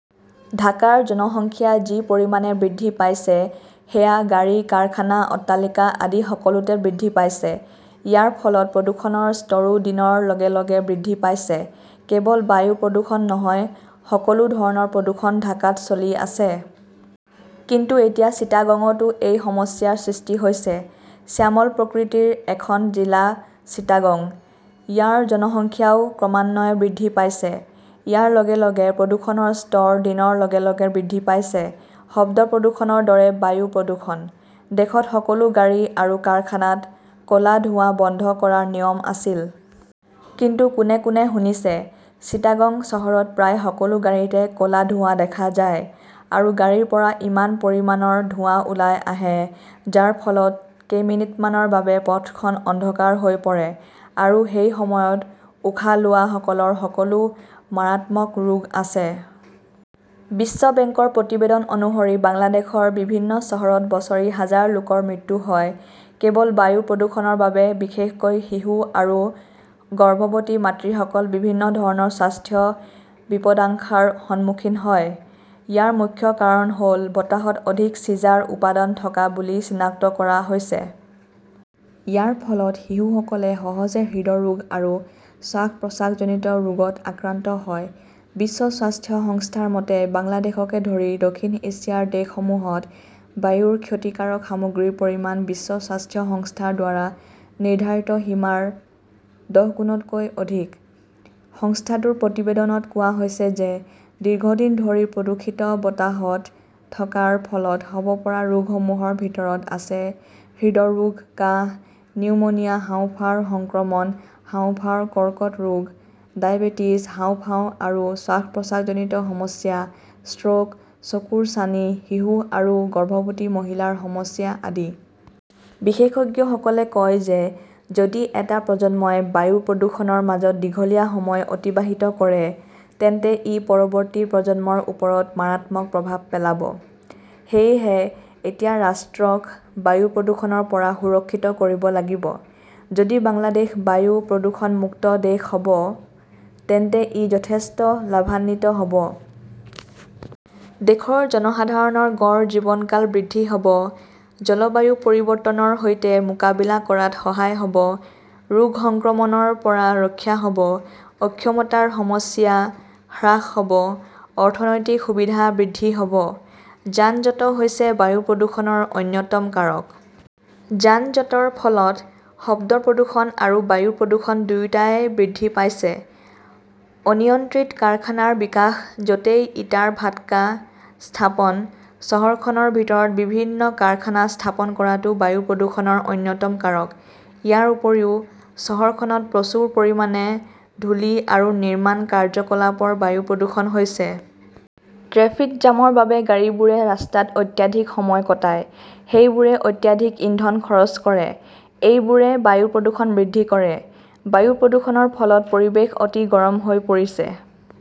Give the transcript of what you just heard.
ঢাকাৰ জনসংখ্যা যি পৰিমাণে বৃদ্ধি পাইছে সেয়া গাড়ী, কাৰখানা, অট্টালিকা আদি সকলোতে বৃদ্ধি পাইছে। ইয়াৰ ফলত প্ৰদূষণৰ স্তৰো দিনৰ লগে লগে বৃদ্ধি পাইছে। কেৱল বায়ু প্ৰদূষণ নহয়, সকলো ধৰণৰ প্ৰদূষণ ঢাকাত চলি আছে। কিন্তু এতিয়া চিটাগঙটো এই সমস্যাৰ সৃষ্টি হৈছে। শ্যামল প্ৰকৃতিৰ এখন জিলা চিটাগং। ইয়াৰ জনসংখ্যাও ক্ৰমান্বয়ে বৃদ্ধি পাইছে। ইয়াৰ লগে লগে প্ৰদূষণৰ স্তৰ দিনৰ লগে লগে বৃদ্ধি পাইছে। শব্দ প্ৰদূষণৰ দৰে বায়ু প্ৰদূষণ। দেশত সকলো গাড়ী আৰু কাৰখানাত ক 'লা ধোঁৱা বন্ধ কৰাৰ নিয়ম আছিল। কিন্তু কোনে কোনে শুনিছে। চিটাগং চহৰত প্ৰায় সকলো গাড়ীতে ক 'লা ধোঁৱা দেখা যায়। আৰু গাড়ীৰ পৰা ইমান পৰিমাণৰ ধোঁৱা ওলাই আহে, যাৰ ফলত কেইমিনিটমানৰ বাবে পথখন অন্ধকাৰ হৈ পৰে। আৰু সেই সময়ত উশাহ লোৱাসকলৰ সকলো মাৰাত্মক ৰোগ আছে। বিশ্ব বেংকৰ প্ৰতিবেদন অনুসৰি, বাংলাদেশৰ বিভিন্ন চহৰত বছৰি হাজাৰ লোকৰ মৃত্যু হয়, কেৱল বায়ু প্ৰদূষণৰ বাবে, বিশেষকৈ শিশু আৰু গৰ্ভৱতী মাতৃসকল বিভিন্ন ধৰণৰ স্বাস্থ্য বিপদাশংকাৰ সন্মুখীন হয়। ইয়াৰ মুখ্য কাৰণ হ'ল, বতাহত অধিক চিজাৰ উপাদান থকা বুলি চিনাক্ত কৰা হৈছে। ইয়াৰ ফলত শিশুসকলে সহজে হৃদৰোগ আৰু শ্বাস-প্ৰশ্বাসজনিত ৰোগত আক্ৰান্ত হয়। বিশ্ব স্বাস্থ্য সংস্থাৰ মতে, বাংলাদেশকে ধৰি দক্ষিণ এছিয়াৰ দেশসমূহত বায়ুৰ ক্ষতিকাৰক সামগ্ৰীৰ পৰিমাণ বিশ্ব স্বাস্থ্য সংস্থাৰ দ্বাৰা নিৰ্ধাৰিত সীমাৰ দহগুণতকৈ অধিক। সংস্থাটোৰ প্ৰতিবেদনত কোৱা হৈছে যে, দীৰ্ঘদিন ধৰি প্ৰদূষিত বতাহত থকাৰ ফলত হ'ব পৰা ৰোগসমূহৰ ভিতৰত আছে হৃদৰোগ, কাহ, নিউমোনিয়া, হাঁওফাঁওৰ সংক্ৰমণ, হাঁওফাঁওৰ কৰ্কট ৰোগ, ডায়েবেটিছ, হাঁওফাঁও আৰু শ্বাস-প্ৰশ্বাসজনিত সমস্যা, ষ্ট্ৰ'ক, চকুৰ ছানি, শিশু আৰু গৰ্ভৱতী মহিলাৰ সমস্যা আদি। বিশেষজ্ঞসকলে কয় যে, যদি এটা প্ৰজন্মই বায়ু প্ৰদূষণৰ মাজত দীঘলীয়া সময় অতিবাহিত কৰে, তেন্তে ই পৰৱৰ্তী প্ৰজন্মৰ ওপৰত মাৰাত্মক প্ৰভাৱ পেলাব। সেয়েহে, এতিয়া ৰাষ্ট্ৰক বায়ু প্ৰদূষণৰ পৰা সুৰক্ষিত কৰিব লাগিব। যদি বাংলাদেশ বায়ু প্ৰদূষণ মুক্ত দেশ হ'ব, তেন্তে ই যথেষ্ট লাভান্বিত হ'ব। দেশৰ জনসাধাৰণৰ গড় জীৱনকাল বৃদ্ধি হ 'ব, জলবায়ু পৰিৱৰ্তনৰ সৈতে মোকাবিলা কৰাত সহায় হ' ব, ৰোগ সংক্ৰমণৰ পৰা ৰক্ষা হ 'ব, অক্ষমতাৰ সমস্যা হ্ৰাস হ' ব, অৰ্থনৈতিক সুবিধা বৃদ্ধি হ'ব। যান-জঁট হৈছে বায়ু প্ৰদূষণৰ অন্যতম কাৰক। যান-জঁটৰ ফলত শব্দ প্ৰদূষণ আৰু বায়ু প্ৰদূষণ দুয়োটাই বৃদ্ধি পাইছে। অনিয়ন্ত্ৰিত কাৰখানাৰ বিকাশ, য 'তেই ইটাৰ ভাটকা স্থাপন, চহৰখনৰ ভিতৰত বিভিন্ন কাৰখানা স্থাপন কৰাটো বায়ু প্ৰদূষণৰ অন্যতম কাৰক। ইয়াৰ উপৰিও চহৰখনত প্ৰচুৰ পৰিমাণে ধূলি আৰু নিৰ্মাণ কাৰ্যকলাপৰ বায়ু প্ৰদূষণ হৈছে। ট্ৰেফিক জামৰ বাবে গাড়ীবোৰে ৰাস্তাত অত্যাধিক সময় কটায়, সেইবোৰে অত্যাধিক ইন্ধন খৰচ কৰে, এইবোৰে বায়ু প্ৰদূষণ বৃদ্ধি কৰে। বায়ু প্ৰদূষণৰ ফলত পৰিৱেশ অতি গৰম হৈ পৰিছে।